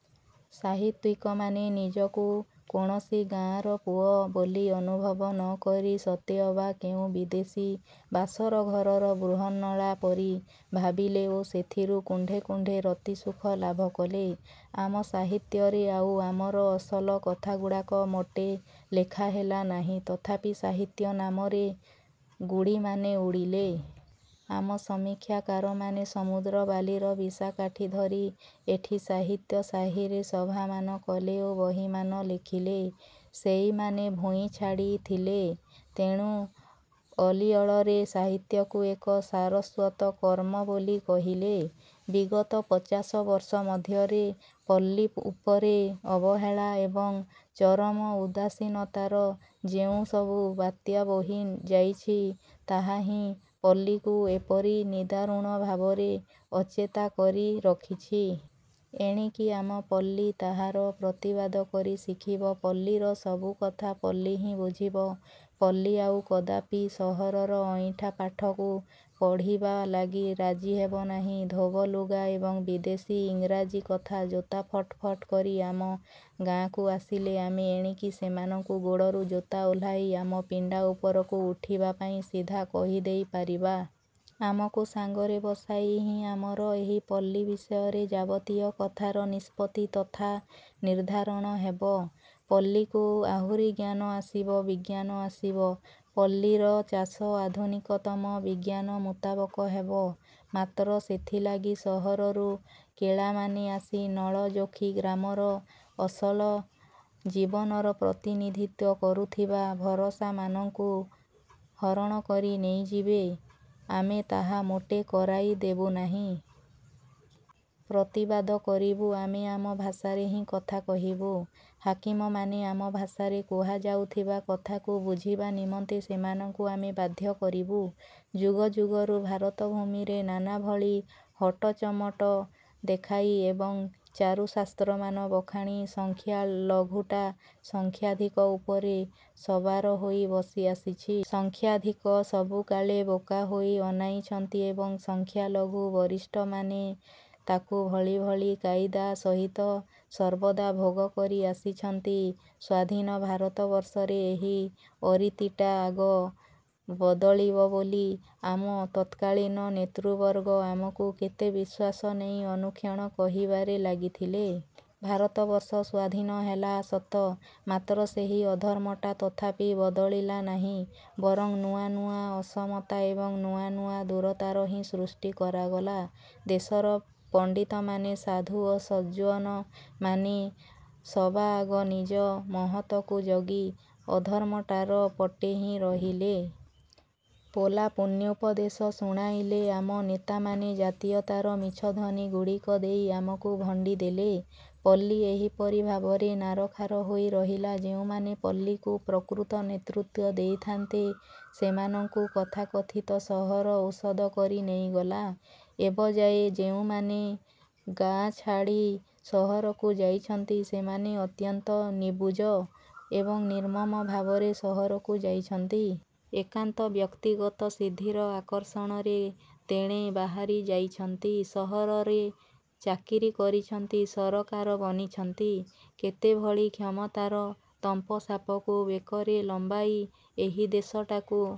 ସାହିତ୍ୟିକମାନେ ନିଜକୁ କୌଣସି ଗାଆଁର ପୁଅ ବୋଲି ଅନୁଭବ ନକରି ସତେଅବା କେଉଁ ବିଦେଶୀ ବାସରଘରର ଵୃହନ୍ନଳା ପରି ଭାବିଲେ ଓ ସେଥରୁ କୁଣ୍ଢେ କୁଣ୍ଢେ ରତିସୁଖ ଲାଭ କଲେ। ଆମ ସାହିତ୍ୟରେ ଆଉ ଆମର ଅସଲ କଥାଗୁଡ଼ାକ ମୋଟେ ଲେଖା ହେଲା ନାହିଁ। ତଥାପି ସାହିତ୍ୟ ନାମରେ ଗୁଡ଼ିମାନେ ଉଡ଼ିଲେ। ଆମ ସମୀକ୍ଷାକାରମାନେ ସମୁଦ୍ରବାଲିର ବିଶାକାଠି ଧରି ଏଠି ସାହିତ୍ୟ ସାହିରେ ସଭାମାନ କଲେ ଓ ବହିମାନ ଲେଖିଲେ। ସେଇମାନେ ଭୂଇଁ ଛାଡ଼ିଥିଲେ, ତେଣୁ ଅଲିଅଳରେ ସାହିତ୍ୟକୁ ଏକ ସାରସ୍ଵତ କର୍ମ ବୋଲି କହିଲେ। ବିଗତ ପଚାଶ ବର୍ଷ ମଧ୍ୟରେ ପଲ୍ଲୀ ଉପରେ ଅବହେଳା ଏବଂ ଚରମ ଉଦାସୀନତାର ଯେଉଁସବୁ ବାତ୍ୟା ବୋହି ଯାଇଛି, ତାହା ହିଁ ପଲ୍ଲୀକୁ ଏପରି ନିଦାରୁଣ ଭାବରେ ଅଚେତା କରି ରଖିଛି। ଏଣିକି ଆମ ପଲ୍ଲୀ ତାହାର ପ୍ରତିବାଦ କରି ଶିଖିବ। ପଲ୍ଲୀର ସବୁକଥା ପଲ୍ଲୀ ହିଁ ବୁଝିବ। ପଲ୍ଲୀ ଆଉ କଦାପି ସହରର ଅଇଁଠା ପାଠକୁ ପଢ଼ିବା ଲାଗି ରାଜି ହେବ ନାହିଁ। ଧୋବ ଲୁଗା ଏବଂ ବିଦେଶୀ ଇଂରାଜୀ କଥା ଜୋତା ଫଟ୍ ଫଟ୍ କରି ଆମ ଗାଆଁକୁ ଆସିଲେ ଆମେ ଏଣିକି ସେମାନଙ୍କୁ ଗୋଡ଼ରୁ ଜୋତା ଓହ୍ଲାଇ ଆମ ପିଣ୍ଡା ଉପରକୁ ଉଠିବା ପାଇଁ ସିଧା କହି ଦେଇ ପାରିବା-। ଆମକୁ ସାଙ୍ଗରେ ବସାଇ ହିଁ ଆମର ଏହି ପଲ୍ଲୀ ବିଷୟରେ ଯାବତୀୟ କଥାର ନିଷ୍ପତ୍ତି ତଥା ନିର୍ଦ୍ଧାରଣ ହେବ। ପଲ୍ଲୀକୁ ଆହୁରି ଜ୍ଞାନ ଆସିବ, ବିଜ୍ଞାନ ଆସିବ, ପଲ୍ଲୀର ଚାଷ ଆଧୁନିକତମ ବିଜ୍ଞାନ ମୁତାବକ ହେବ। ମାତ୍ର ସେଥିଲାଗି ସହରରୁ କେଳାମାନେ ଆସି ନଳ ଯୋଖି ଗ୍ରାମର ଅସଲ ଜୀବନର ପ୍ରତିନିଧିତ୍ଵ କରୁଥିବା ଭରସାମାନଙ୍କୁ ହରଣ କରି ନେଇଯିବେ, ଆମେ ତାହା ମୋଟେ କରାଇ ଦେବୁ ନାହିଁ। ପ୍ରତିବାଦ କରିବୁ। ଆମେ ଆମ ଭାଷାରେ ହିଁ କଥା କହିବୁ। ହାକିମମାନେ ଆମ ଭାଷାରେ କୁହାଯାଉଥିବା କଥାକୁ ବୁଝିବା ନିମନ୍ତେ ସେମାନଙ୍କୁ ଆମେ ବାଧ୍ୟ କରିବୁ। ଯୁଗ ଯୁଗରୁ ଭାରତଭୂମିରେ ନାନା ଭଳି ହଟଚମଟ ଦେଖାଇ ଏବଂ ଚାରୁ ଶାସ୍ତ୍ରମାନ ବଖାଣି ସଂଖ୍ୟାଲଘୁଟା ସଂଖ୍ୟାଧିକ ଉପରେ ସବାର ହୋଇ ବସି ଆସିଛି। ସଂଖ୍ୟାଧିକ ସବୁକାଳେ ବୋକା ହୋଇ ଅନାଇଛନ୍ତି ଏବଂ ସଂଖ୍ୟାଲଘୁ ଗରିଷ୍ଠମାନେ ତାକୁ ଭଳି ଭଳି କାଇଦା ସହିତ ସର୍ବଦା ଭୋଗ କରି ଆସିଛନ୍ତି। ସ୍ୱାଧୀନ ଭାରତବର୍ଷରେ ଏହି ଅରୀତିଟା ଆଗ ବଦଳିବ ବୋଲି ଆମ ତତ୍କାଳୀନ ନେତୃବର୍ଗ ଆମକୁ କେତେ ବିଶ୍ୱାସ ଦେଇ ଅନୁକ୍ଷଣ କହିବାରେ ଲାଗିଥିଲେ। ଭାରତବର୍ଷ ସ୍ଵାଧୀନ ହେଲା ସତ, ମାତ୍ର ସେହି ଅଧର୍ମଟା ତଥାପି ବଦଳିଲା ନାହିଁ। ବରଂ ନୂଆ ନୂଆ ଅସମତା ଏବଂ ନୂଆ ନୂଆ ଦୂରତାର ହିଁ ସୃଷ୍ଟି କରାଗଲା। ଦେଶର ପଣ୍ଡିତମାନେ, ସାଧୁ ଓ ସଜ୍ଜନମାନେ ସବାଆଗ ନିଜ ମହତକୁ ଜଗି ଅଧର୍ମଟାର ପଟେ ହିଁ ରହିଲେ। ପୋଲା ପୁଣ୍ୟୋପଦେଶ ଶୁଣାଇଲେ। ଆମ ନେତାମାନେ ଜାତୀୟତାର ମିଛ ଧ୍ୱନିଗୁଡ଼ାକ ଦେଇ ଆମକୁ ଭଣ୍ଡି ଦେଲେ। ପଲ୍ଲୀ ଏହିପରି ଭାବରେ ନାରଖାର ହୋଇ ରହିଲା। ଯେଉଁମାନେ ପଲ୍ଲୀକୁ ପ୍ରକୃତ ନେତୃତ୍ଵ ଦେଇଥାନ୍ତେ, ସେମାନଙ୍କୁ ତଥାକଥିତ ସହର ଓଷଦ କରି ନେଇଗଲା। ଏବଯାଏ ଯେଉଁମାନେ ଗାଆଁ ଛାଡ଼ି ସହରକୁ ଯାଇଛନ୍ତି, ସେମାନେ ଅତ୍ୟନ୍ତ ନିବୁଜ ଏବଂ ନିର୍ମମ ଭାବରେ ସହରକୁ ଯାଇଛନ୍ତି। ଏକାନ୍ତ ବ୍ୟକ୍ତିଗତ ସିଦ୍ଧିର ଆକର୍ଷଣରେ ତେଣେ ବାହାରି ଯାଇଛନ୍ତି। ସହରରେ ଚାକିରି କରିଛନ୍ତି, ସରକାର ବନିଛନ୍ତି, କେତେଭଳି କ୍ଷମତାର ତମ୍ପସାପକୁ ବେକରେ ଲମ୍ବାଇ ଏହି ଦେଶଟାକୁ